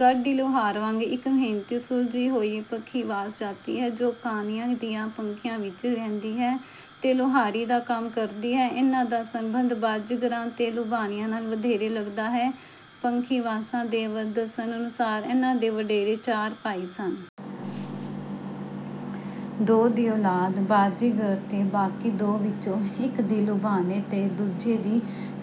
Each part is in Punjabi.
ਗਾਡੀ-ਲੋਹਾਰ ਵਾਂਗ ਇੱਕ ਮਿਹਨਤੀ, ਸੁਲਝੀ ਹੋਈ ਪੱਖੀਵਾਸ ਜਾਤੀ ਹੈ, ਜੋ ਕਾਨਿਆਂ ਦੀਆਂ ਪੱਖੀਆਂ ਵਿੱਚ ਰਹਿੰਦੀ ਹੈ ਅਤੇ ਲੋਹਾਰੀ ਦਾ ਕੰਮ ਕਰਦੀ ਹੈ। ਇਨ੍ਹਾਂ ਦਾ ਸੰਬੰਧ ਬਾਜ਼ੀਗਰਾਂ ਅਤੇ ਲੁਬਾਣਿਆਂ ਨਾਲ ਵਧੇਰੇ ਲੱਗਦਾ ਹੈ। ਪੱਖੀਵਾਸਾਂ ਦੇ ਦੱਸਣ ਅਨੁਸਾਰ ਇਨ੍ਹਾਂ ਦੇ ਵਡੇਰੇ ਚਾਰ ਭਾਈ ਸਨ। ਦੋ ਦੀ ਔਲਾਦ ਬਾਜ਼ੀਗਰ ਤੇ ਬਾਕੀ ਦੋ ਵਿੱਚੋਂ ਇੱਕ ਦੀ ਲੁਬਾਣੇ ਤੇ ਦੂਜੇ ਦੀ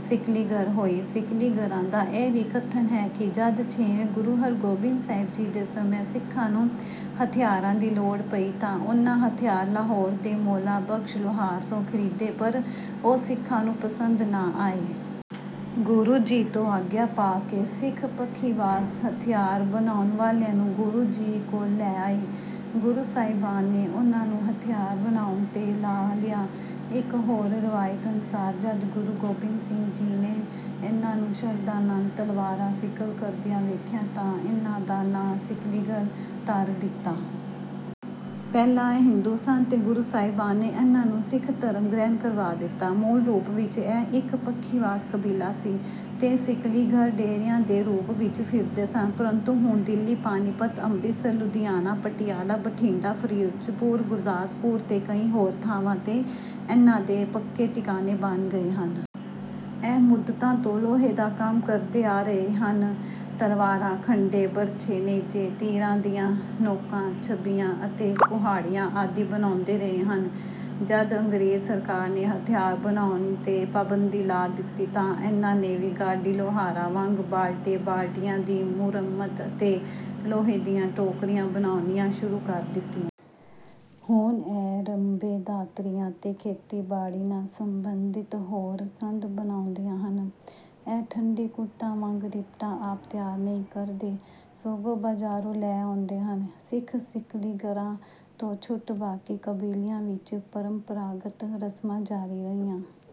ਸਿਕਲੀਗਰ ਹੋਈ। ਸਿਕਲੀਗਰਾਂ ਦਾ ਇਹ ਵੀ ਕਥਨ ਹੈ ਕਿ ਜਦ ਛੇਵੇਂ ਗੁਰੂ ਹਰਗੋਬਿੰਦ ਸਾਹਿਬ ਜੀ ਦੇ ਸਮੇਂ ਸਿੱਖਾਂ ਨੂੰ ਹਥਿਆਰਾਂ ਦੀ ਲੋੜ ਪਈ, ਤਾਂ ਉਨ੍ਹਾਂ ਹਥਿਆਰ ਲਾਹੌਰ ਦੇ ਮੌਲਾ ਬਖਸ਼ ਲੋਹਾਰ ਤੋਂ ਖਰੀਦੇ, ਪਰ ਉਹ ਸਿੱਖਾਂ ਨੂੰ ਪਸੰਦ ਨਾ ਆਏ। ਗੁਰੂ ਜੀ ਤੋਂ ਆਗਿਆ ਪਾ ਕੇ ਸਿੱਖ ਪੱਖੀਵਾਸ ਹਥਿਆਰ ਬਣਾਉਣ ਵਾਲਿਆਂ ਨੂੰ ਗੁਰੂ ਜੀ ਕੋਲ ਲੈ ਆਏ। ਗੁਰੂ ਸਾਹਿਬਾਨ ਨੇ ਉਨ੍ਹਾਂ ਨੂੰ ਹਥਿਆਰ ਬਣਾਉਣ 'ਤੇ ਲਾ ਲਿਆ। ਇੱਕ ਹੋਰ ਰਵਾਇਤ ਅਨੁਸਾਰ ਜਦ ਗੁਰੂ ਗੋਬਿੰਦ ਸਿੰਘ ਜੀ ਨੇ ਇਨ੍ਹਾਂ ਨੂੰ ਸ਼ਰਧਾ ਨਾਲ ਤਲਵਾਰਾਂ ਸਿਕਲ ਕਰਦਿਆਂ ਵੇਖਿਆ, ਤਾਂ ਇਨ੍ਹਾਂ ਦਾ ਨਾਂ ਸਿਕਲੀਗਰ ਧਰ ਦਿੱਤਾ। ਪਹਿਲਾਂ ਇਹ ਹਿੰਦੂ ਸਨ, ਤੇ ਗੁਰੂ ਸਾਹਿਬਾਨ ਨੇ ਇਨ੍ਹਾਂ ਨੂੰ ਸਿੱਖ ਧਰਮ ਗ੍ਰਹਿਣ ਕਰਵਾ ਦਿੱਤਾ। ਮੂਲ ਰੂਪ ਵਿੱਚ ਇਹ ਇੱਕ ਪੱਖੀਵਾਸ ਕਬੀਲਾ ਸੀ ਅਤੇ ਸਿਕਲੀਗਰ ਡੇਰਿਆਂ ਦੇ ਰੂਪ ਵਿੱਚ ਫਿਰਦੇ ਸਨ। ਪਰੰਤੂ ਹੁਣ ਦਿੱਲੀ, ਪਾਣੀਪਤ, ਅੰਮ੍ਰਿਤਸਰ, ਲੁਧਿਆਣਾ, ਪਟਿਆਲਾ, ਬਠਿੰਡਾ, ਫਿਰੋਜ਼ਪੁਰ, ਗੁਰਦਾਸਪੁਰ ਤੇ ਕਈ ਹੋਰ ਥਾਵਾਂ 'ਤੇ ਇਨ੍ਹਾਂ ਦੇ ਪੱਕੇ ਟਿਕਾਣੇ ਬਣ ਗਏ ਹਨ। ਇਹ ਮੁੱਦਤਾਂ ਤੋਂ ਲੋਹੇ ਦਾ ਕੰਮ ਕਰਦੇ ਆ ਰਹੇ ਹਨ। ਤਲਵਾਰਾਂ, ਖੰਡੇ, ਬਰਛੇ, ਨੇਜੇ, ਤੀਰਾਂ ਦੀਆਂ ਨੋਕਾਂ, ਛਬੀਆਂ ਅਤੇ ਕੁਹਾੜੀਆਂ ਆਦਿ ਬਣਾਉਂਦੇ ਰਹੇ ਹਨ। ਜਦ ਅੰਗਰੇਜ਼ ਸਰਕਾਰ ਨੇ ਹਥਿਆਰ ਬਣਾਉਣ 'ਤੇ ਪਾਬੰਦੀ ਲਾ ਦਿੱਤੀ, ਤਾਂ ਇਨ੍ਹਾਂ ਨੇ ਵੀ ਗਾਡੀ-ਲੋਹਾਰਾਂ ਵਾਂਗ ਬਾਲਟੇ-ਬਾਲਟੀਆਂ ਦੀ ਮੁਰੰਮਤ ਅਤੇ ਲੋਹੇ ਦੀਆਂ ਟੋਕਰੀਆਂ ਬਣਾਉਣੀਆਂ ਸ਼ੁਰੂ ਕਰ ਦਿੱਤੀਆਂ। ਹੁਣ ਇਹ ਰੰਬੇ, ਦਾਤਰੀਆਂ ਤੇ ਖੇਤੀਬਾੜੀ ਨਾਲ ਸੰਬੰਧਿਤ ਹੋਰ ਸੰਦ ਬਣਾਉਂਦੇ ਹਨ। ਇਹ ਠੰਢੀ ਕੁੱਟਾਂ ਵਾਂਗ ਰਿਪਟਾਂ ਆਪ ਤਿਆਰ ਨਹੀਂ ਕਰਦੇ, ਸਗੋਂ ਬਾਜ਼ਾਰੋਂ ਲੈ ਆਉਂਦੇ ਹਨ। ਸਿੱਖ ਸਿਕਲੀਗਰਾਂ ਤੋਂ ਛੁੱਟ ਬਾਕੀ ਕਬੀਲਿਆਂ ਵਿੱਚ ਪਰੰਪਰਾਗਤ ਰਸਮਾਂ ਜਾਰੀ ਰਹੀਆਂ।